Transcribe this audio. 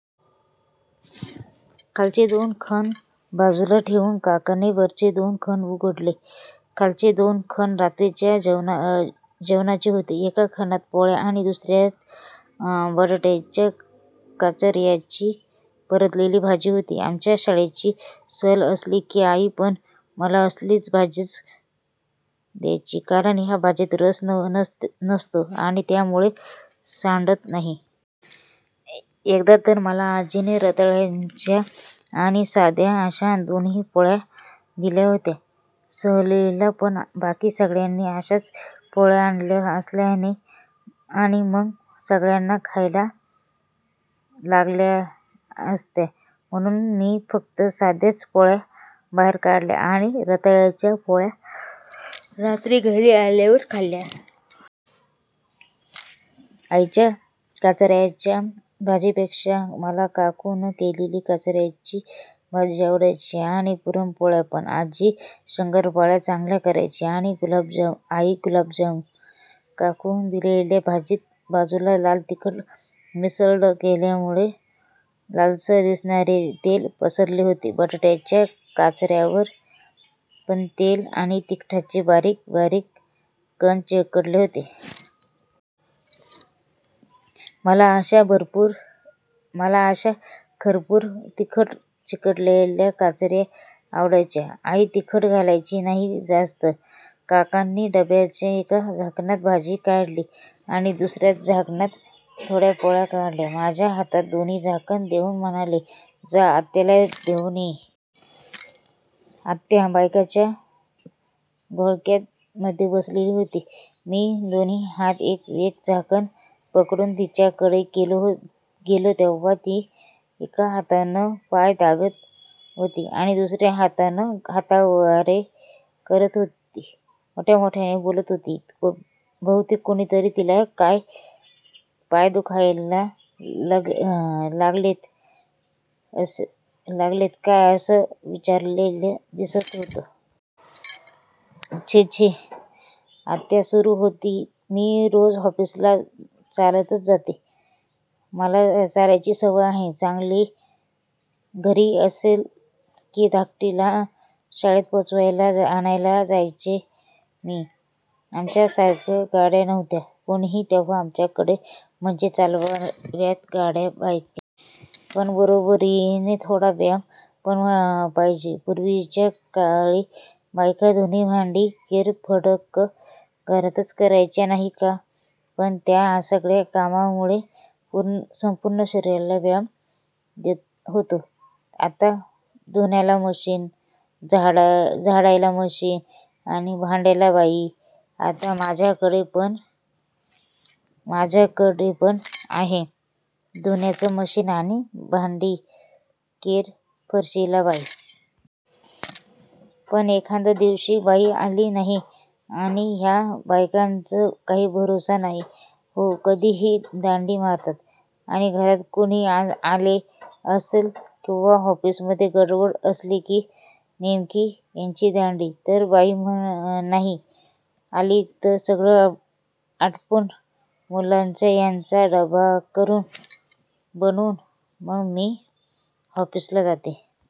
खालचे दोन खण बाजूला ठेवून काकांनी वरचे दोन खण उघडले. खालचे दोन खण रात्रीच्या जेवणाचे होते. एका खणात पोळ्या आणि दुसर्यात बटाटाच्या काचर्यांची परतलेली भाजी होती. आमच्या शाळेची सहल असली की आईपण मला असलीच भाजी द्यायची कारण ह्या भाजीत रस नसतो आणि त्यामुळे सांडत नाही. एकदा तर मला आज्जीनं रताळ्याच्या आणि साध्या अश्या दोन्ही पोळ्या दिल्या होत्या सहलीला. पण बाकी सगळ्यांनी साध्याच पोळ्या आणल्या असल्याने आणि मग सगळ्यांना द्यायला लागल्या असत्या म्हणुन मी फक्त साध्याच पोळ्या बाहेर काढल्या आणि रताळ्याच्या पोळ्या रात्री घरी आल्यावर खाल्ल्या. आईच्या काचर्यांच्या भाजीपेक्षा मला काकूनं केलेली काचर्यांची भाजी आवडायची आणि पुरणपोळ्यापण. आज्जी शंकरपाळ्या चांगल्या करायची आणि आई गुलाबजाम. काकूनं दिलेल्या भाजीत बाजूला लाल तिखट मिसळलं गेल्यामुळ लालसर दिसणार तेल पसरलेलं होतं. बटाट्याच्या काचर्यांवर पण तेल आणि तिखटाचे बारीक बारीक कण चिकटलेले होते. मला अश्या खरपूर तिखट चिकटलेल्या काचर्या आवडायच्या. आई तिखट घालायची नाही जास्त. काकांनी डब्याच्या एका झाकणात भाजी काढली आणि दुसर्या झाकणात थोड्या पोळ्या काढल्या. माझ्या हातात दोन्ही झाकणं देउन म्हणाले, जा. आत्याला देउन ये. आत्या बायकांच्या घोळक्यात मध्ये बसलेली होती. मी दोन्ही हातात एक एक झाकण पकडून तिच्याकडे गेलो तेव्हा ती एका हातानं पाय दाबत होती आणि दुसर्या हातानं हातवारे करत मोठमोठ्यानं बोलत होती. बहुतेक कुणीतरी तिला काय, पाय दुखायला लागलेत काय असं विचारलेलं दिसत होतं. छे छे छे! आत्या सुरु होती. मी रोज ऑफिसला चालतच जाते. मला चालायची सवय आहे चांगली. घरी असले की धाकटीला शाळेत पोचवायला, आणायला चालतच जायचे मी. आजच्यासारख्या गाड्या नव्हत्या काही तेव्हा आमच्याकडं. म्हणजे चालवाव्यात गाड्या बायकांनी. पण बरोबरीनं थोडा व्यायाम पण पाहिजेच. पुर्वीच्या काळी बायका धुणी-भांडी-केरफडकं घरातच करायच्या, नाही का. पण त्या सगळ्या कामामुंळे संपूर्ण शरीराला व्यायाम होतो. आता धुण्याला मशिन, झाडायला मशिन आणि भांड्याला बाई. आता माझ्याकडे पण आहे धुण्याचं मशिन आणि भांडी-केरफरशीला बाई. पण एखाद दिवशी बाई आली नाही आणि ह्या बायकांचा काही भरोसा नाही हो. कधिही दांडी मारतात आणि घरात कुणी आलेलं असलं किंवा ऑफिसमध्ये गडबड असली की नेमकी ह्यांची दांडी. तर बाई नाही आली तरी सगळं आटोपून, मुलांचा, ह्यांचा आणि माझा डबा बनवून मग मी ऑफिसला जाते.